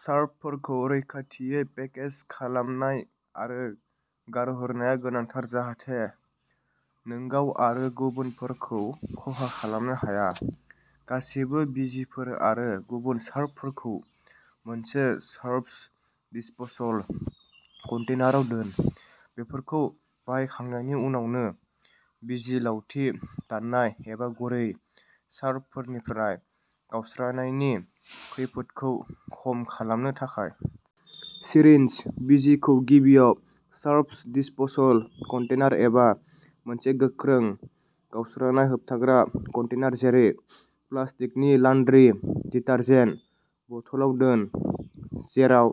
शार्पफोरखौ रैखाथियै पेकेज खालामनाय आरो गारहरनाया गोनांथार जाहाथे नोंगाव आरो गुबुनफोरखौ खहा खालामनो हाया। गासिबो बिजिफोर आरो गुबुन शार्पफोरखौ मोनसे शार्प्स दिस्प'सल कन्टेनाराव दोन, बेफोरखौ बाहायखांनायनि उनावनो बिजि-लावथि, दाननाय, एबा गुरै शार्पफोरनिफ्राय गावस्रानायनि खैफोदखौ खम खालामनो थाखाय। सिरिन्ज, बिजिखौ गिबियाव शार्प्स दिस्प'सल कन्टेनार एबा मोनसे गोख्रों, गावस्रानाय-होबथाग्रा कन्टेनार जेरै प्लास्टिकनि लान्ड्रि डिटारजेन्ट बथलआव दोन, जेराव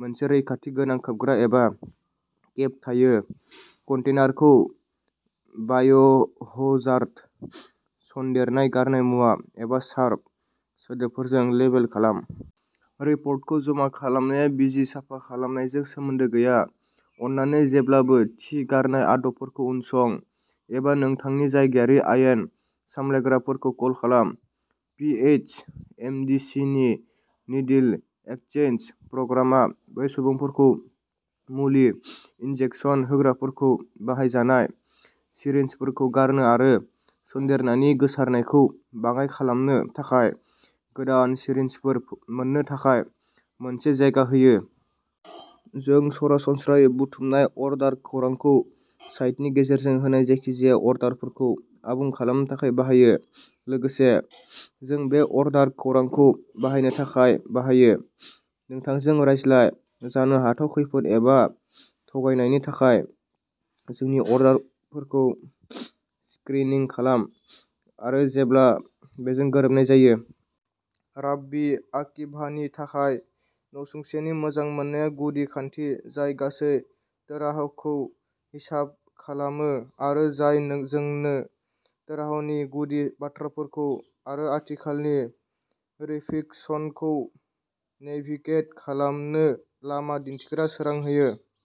मोनसे रैखाथि गोनां खोबग्रा एबा केप थायो। कन्टेनारखौ "बाय'हजार्ड", "सन्देरनाय गारनाय मुवा", एबा "शार्प" सोदोबफोरजों लेबेल खालाम। रिपर्टखौ जमा खालामनाया बिजि साफा खालामनायजों सोमोन्दो गैया। अन्नानै जेब्लाबो थि गारनाय आदबफोरखौ उनसं। एबा नोंथांनि जायगायारि आयेन सामलायग्राफोरखौ कल खालाम। P. H. M. D. C. नि नीडिल एकसचेन्ज प्रग्रामआ बै सुबुंफोरखौ मुलि इनजेकसन होग्राफोरखौ बाहायजानाय सिरिन्जफोरखौ गारनो आरो सन्देरनायनि गोसारनायखौ बाङाइ खालामनो थाखाय गोदान सिरिन्जफोर मोन्नो थाखाय मोनसे जायगा होयो। जों सरासनस्रायै बुथुमनाय अर्डार खौरांखौ साइटनि गेजेरजों होनाय जायखिजाया अर्डारफोरखौ आबुं खालामनो थाखाय बाहायो। लोगोसे, जों बे अर्डार खौरांखौ बाहायनो थाखाय बाहायोः नोंथांजों रायज्लाय; जानो हाथाव खैफोद एबा थगायनायनि थाखाय जोंनि अर्डारफोरखौ स्क्रिनिं खालाम; आरो जेब्ला बेजों गोरोबनाय जायो। राब्बी आकिभानि थाखाय नसुंसेनि मोजां मोननाया गुदि खान्थि जाय गासै तोराहखौ हिसाब खालामो आरो जाय नोंजोंनो तोराहनि गुदि बाथ्राफोरखौ आरो आथिखालनि रिफिक्सनखौ नेभिगेट खालामनो लामा दिन्थिग्रा सोरां होयो।